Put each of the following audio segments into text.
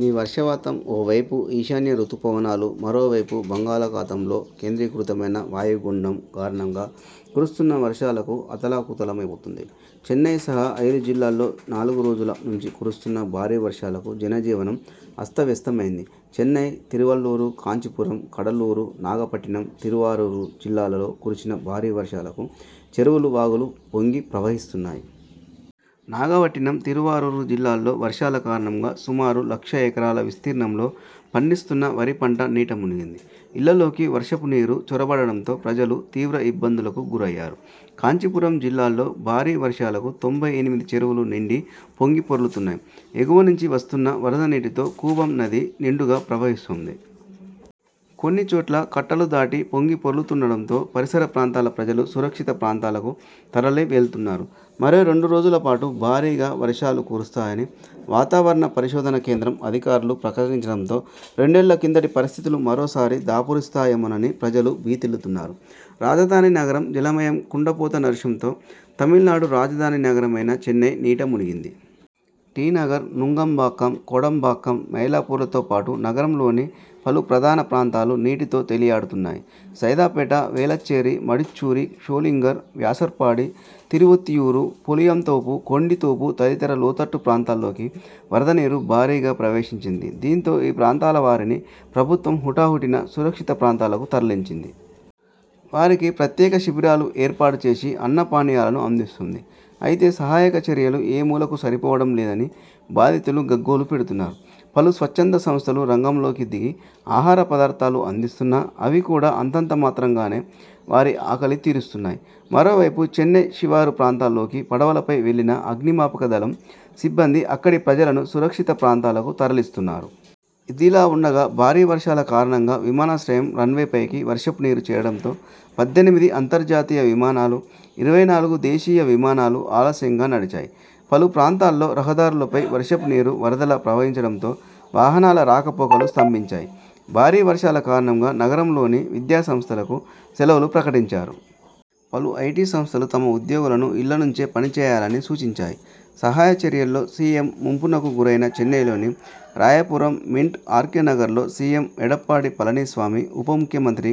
మీ వర్షపాతం ఓవైపు ఈశాన్య రుతుపవనాలు మరోవైపు బంగాళాఖాతంలో కేంద్రీకృతమైన వాయుగుండం కారణంగా కురుస్తున్న వర్షాలకు అతలాకుతలమవుతోంది. చెన్నై సహా ఐదు జిల్లాల్లో నాలుగు రోజుల నుంచి కురుస్తున్న భారీ వర్షాలకు జనజీవనం అస్తవ్యస్తమైంది. చెన్నై, తిరువళ్లూరు, కాంచీపురం, కడలూరు, నాగపట్టినం, తిరువారూరు జిల్లాల్లో కురిసిన భారీ వర్షాలకు చెరువులు, వాగులు పొంగి ప్రవహిస్తున్నాయి. నాగపట్టినం, తిరువారూరు జిల్లాల్లో వర్షాల కారణంగా సుమారు లక్ష ఎకరాల విస్తీర్ణంలో పండిస్తున్న వరి పంట నీటమునిగింది. ఇళ్లలోకి వర్షపు నీరు చొరబడడంతో ప్రజలు తీవ్ర ఇబ్బందులకు గురయ్యారు. కాంచీపురం జిల్లాల్లో భారీ వర్షాలకు తొంభై ఎనిమిది చెరువులు నిండి పొంగిపొర్లుతున్నాయి. ఎగువ నుంచి వస్తున్న వరద నీటితో కూవం నది నిండుగా ప్రవహిస్తోంది. కొన్నిచోట్ల కట్టలు దాటి పొంగిపొర్లుతుండటంతో పరిసర ప్రాంతాల ప్రజలు సురక్షిత ప్రాంతాలకు తరలివెళ్తున్నారు. మరో రెండు రోజులపాటు భారీగా వర్షాలు కురుస్తాయని వాతావరణ పరిశోధన కేంద్రం అధికారులు ప్రకటించడంతో రెండేళ్ల కిందటి పరిస్థితులు మరోసారి దాపురిస్తాయేమోనని ప్రజలు భీతిల్లుతున్నారు. రాజధాని నగరం జలమయం కుండపోత నర్షంతో తమిళనాడు రాజధాని నగరమైన చెన్నై నీట మునిగింది. టి. నగర్, నుంగంబాక్కం, కోడంబాక్కం, మైలాపూర్లతో పాటు నగరంలోని పలు ప్రధాన ప్రాంతాలు నీటితో తేలియాడుతున్నాయి. సైదాపేట, వేళచ్చేరి, మడిచ్చూరి, షోళింగర్, వ్యాసర్పాడి, తిరువొత్తియూరు, పులియాంతోపు, కొండితోపు తదితర లోతట్టు ప్రాంతాల్లోకి వరదనీరు భారీగా ప్రవేశించింది. దీంతో ఈ ప్రాంతాలవారిని ప్రభుత్వం హుటాహుటిన సురక్షిత ప్రాంతాలకు తరలించింది. వారికి ప్రత్యేక శిబిరాలు ఏర్పాటు చేసి అన్నపానీయాలను అందిస్తోంది. అయితే సహాయక చర్యలు ఏ మూలకూ సరిపోవడం లేదని బాధితులు గగ్గోలు పెడుతున్నారు. పలు స్వచ్ఛంద సంస్థలు రంగంలోకి దిగి ఆహార పదార్థాలు అందిస్తున్నా అవి కూడా అంతంతమాత్రంగానే వారి ఆకలి తీరుస్తున్నాయి. మరోవైపు చెన్నై శివారు ప్రాంతాల్లోకి పడవలపై వెళ్లిన అగ్నిమాపకదళం సిబ్బంది అక్కడి ప్రజలను సురక్షిత ప్రాంతాలకు తరలిస్తున్నారు. ఇదిలా ఉండగా, భారీ వర్షాల కారణంగా విమానాశ్రయం రన్వేపైకి వర్షపునీరు చేరడంతో పద్దెనిమిది అంతర్జాతీయ విమానాలు, ఇరవై నాలుగు దేశీయ విమానాలు ఆలస్యంగా నడిచాయి. పలు ప్రాంతాల్లో రహదారులపై వర్షపు నీరు వరదలా ప్రవహించడంతో వాహనాల రాకపోకలు స్తంభించాయి. భారీ వర్షాల కారణంగా నగరంలోని విద్యా సంస్థలకు సెలవులు ప్రకటించారు. పలు ఐటీ సంస్థలు తమ ఉద్యోగులను ఇళ్లనుంచే పనిచేయాలని సూచించాయి. సహాయ చర్యల్లో సీఎంముంపునకు గురయిన చెన్నైలోని రాయపురం, మింట్, ఆర్కేనగర్లో సీఎం ఎడప్పాడి పళనిస్వామి, ఉప ముఖ్యమంత్రి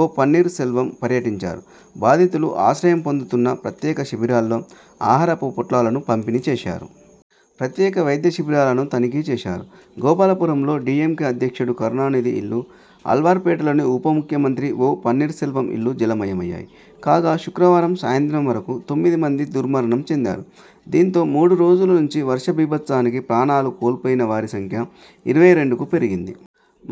ఒ. పన్నీర్ సెల్వం పర్యటించారు. బాధితులు ఆశ్రయం పొందుతున్న ప్రత్యేక శిబిరాల్లో ఆహారపు పొట్లాలను పంపిణీ చేశారు. ప్రత్యేక వైద్యశిబిరాలను తనిఖీచేశారు. గోపాలపురం లో డీఎంకే అధ్యక్షుడు కరుణానిధి ఇల్లు, ఆళ్వార్పేటలోని ఉప ముఖ్యమంత్రి ఒ. పన్నీర్సెల్వం ఇల్లు జలమయమయ్యాయి. కాగా, శుక్రవారం సాయంత్రం వరకూ తొమ్మిదిమంది దుర్మరణం చెందారు. దీంతో మూడు రోజుల నుంచి వర్షబీభత్సానికి ప్రాణాలు కోల్పోయినవారి సంఖ్య ఇరవై రెండుకి పెరిగింది.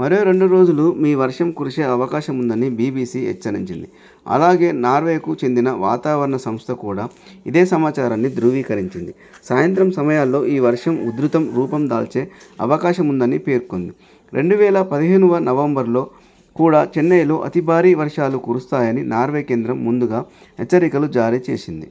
మరో రెండు రోజులూ మీ వర్షం కురిసే అవకాశముందని బీబీసీ హెచ్చరించింది. అలాగే, నార్వేకు చెందిన వాతావరణ సంస్థ కూడా ఇదే సమాచారాన్ని ధ్రువీకరించింది. సాయంత్రం సమయాల్లో ఈ వర్షం ఉధృతం రూపం దాల్చే అవకాశముందని పేర్కొంది. రెండు వేల పదిహేనువ నవంబరులో కూడా చెన్నైలో అతిభారీ వర్షాలు కురుస్తాయని నార్వే కేంద్రం ముందుగా హెచ్చరికలు జారీచేసింది.